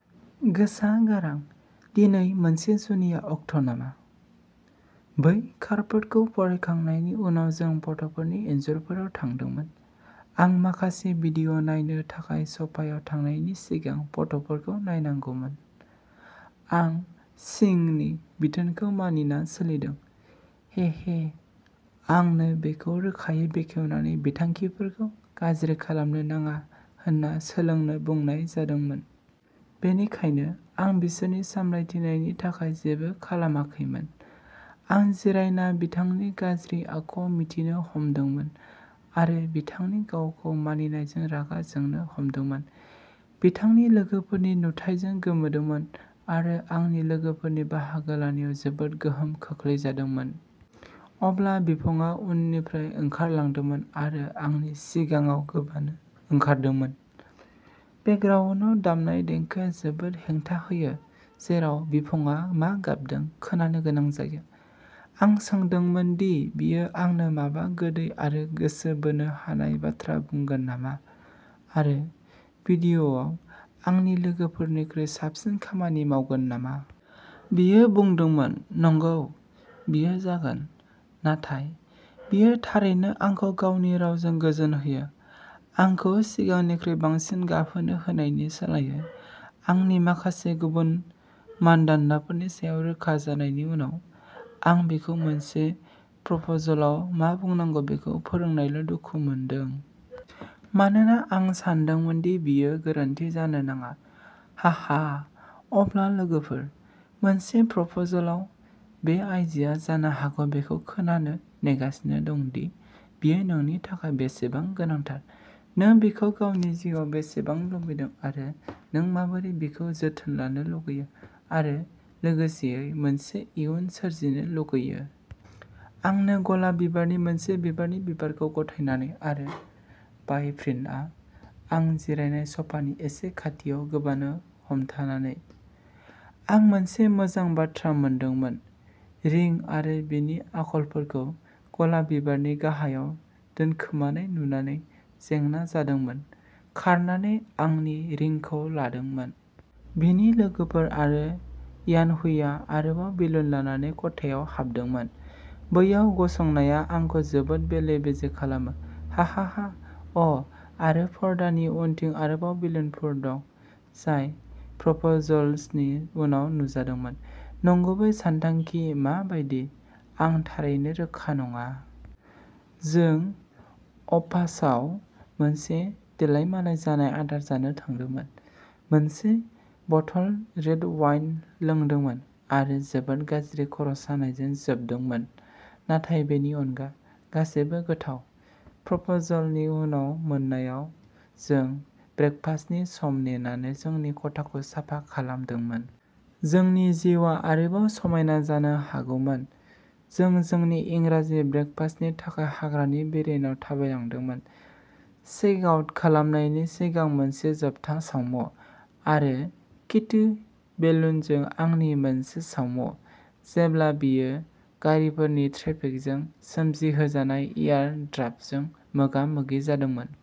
गोसा गारां "दिनै मोनसे जुनिया अक्ट'नामा?". बै कार्डफोरखौ फरायखांनायनि उनाव जों फट'फोरनि इन्जुरफोराव थांदोंमोन। आं माखासे भिडिअ' नायनो थाखाय स'फायाव थांनायनि सिगां फट'फोरखौ नायनांगौमोन। आं चिंगनि बिथोनखौ मानिना सोलिदों। हे हे आंनो बेखौ रोखायै बेखेवनानै बिथांखिफोरखौ गाज्रि खालामनो नाङा होनना सोलोंनो बुंनाय जादोंमोन। बेनिखायनो आं बिसोरनि सामलायथिनायनि थाखाय जेबो खालामाखैमोन। आं जिरायना बिथांनि गाज्रि आखुआव मिनिनो हमदोंमोन आरो बिथांनि गावखौ मानिनायजों रागा जोंनो हमदोंमोन, बिथांनि लोगोफोरनि नुथाइजों गोमोदोंमोन आरो आंनि लोगोफोरनि बाहागो लानायाव जोबोद गोहोम खोख्लैजादोंमोन। अब्ला बिफंआ उननिफ्राय ओंखारलांदोंमोन आरो आंनि सिगाङाव गोबानो ओंखारदोंमोन। बेकग्राउन्दआव दामनाय देंखोआ जोबोद हेंथा होयो, जेराव बिफंआ मा गाबदों खोनानो गोनां जायो। आं सोंदोंमोन दि बियो आंनो माबा गोदै आरो गोसो बोनो हानाय बाथ्रा बुंगोन नामा आरो भिडिअ'आव आंनि लोगोफोरनिख्रुइ साबसिन खामानि मावगोन नामा। बियो बुंदोंमोन नंगौ, बियो जागोन। नाथाय, बियो थारैनो आंखौ गावनि रावजों गोजोन होयो, आंखौ सिगांनिख्रुइ बांसिन गाबहोनो होनायनि सोलायै। आंनि माखासे गुबुन मानदान्दाफोरनि सायाव रोखा जानायनि उनाव, आं बिखौ मोनसे प्रप'जलाव मा बुंनांगौ बेखौ फोरोंनायल' दुखु मोनदों। मानोना आं सानदोंमोन दि बेयो गोरोन्थि जानो नाङा। हा हा अब्ला लोगोफोर, मोनसे प्रप'जलाव, बे आइजोआ जानो हागौ बेखौ खोनानो नेगासिनो दं दि बियो नोंनि थाखाय बेसेबां गोनांथार, नों बिखौ गावनि जिउआव बेसेबां लुबैदों आरो नों माबोरै बिखौ जोथोन लानो लुगैयो आरो लोगोसेयै मोनसे इयुन सोरजिनो लुगैयो। आंनो गलाब बिबारनि मोनसे बिबारनि बिबारखौ गथायनानै आरो बइप्रिन्टआ आं जिरायनाय स'फानि एसे खाथियाव गोबानो हमथानानै, आं मोनसे मोजां बाथ्रा मोनदोंमोन। रिं आरो बिनि आखलफोरखौ गलाब बिबारनि गाहायाव दोनखोमानाय नुनानै जेंना जादोंमोन। खरनानै आंनि रिंखौ लादोंमोन। बिनि लोगोफोर आरो यानहुईआ आरोबाव बेलुन लानानै खथायाव हाबदोंमोन। बैयाव गसंनाया आंखौ जोबोद बेले-बेजे खालामो। हाहाहा अ' आरो पर्दानि उनथिं आरोबाव बेलुनफोर दं, जाय प्रप'जलसनि उनाव नुजादोंमोन। नंगुबै सानथांखि मा बायदि, आं थारैनो रोखा नङा। जों अ'पासाव मोनसे देलायमालाय जानाय आदार जानो थांदोंमोन। मोनसे बथल रेड वाइन लोंदोंमोन आरो जोबोद गाज्रि खर'सानायजों जोबदोंमोन, नाथाय बेनि अनगा, गासैबो गोथाव! प्रप'जलनि उननि मोनायाव, जों ब्रेकफास्टनि सम नेनानै जोंनि खथाखौ साफा खालामनांदोंमोन। जोंनि जिउआ आरोबाव समायना जानो हागौमोन। जों जोंनि इंराजि ब्रेकफास्टनि थाखाय हाग्रानि बेरेनाव थाबायलांदोंमोन। चेक आउट खालामनायनि सिगां मोनसे जोबथा सावमु। आरो किटि बेलुनजों आंनि मोनसे सावमु, जेब्ला बेयो गारिफोरनि ट्रेफिकजों सोमजिहोजानाय एयार ड्राफ्टजों मोगा-मोगि जादोंमोन।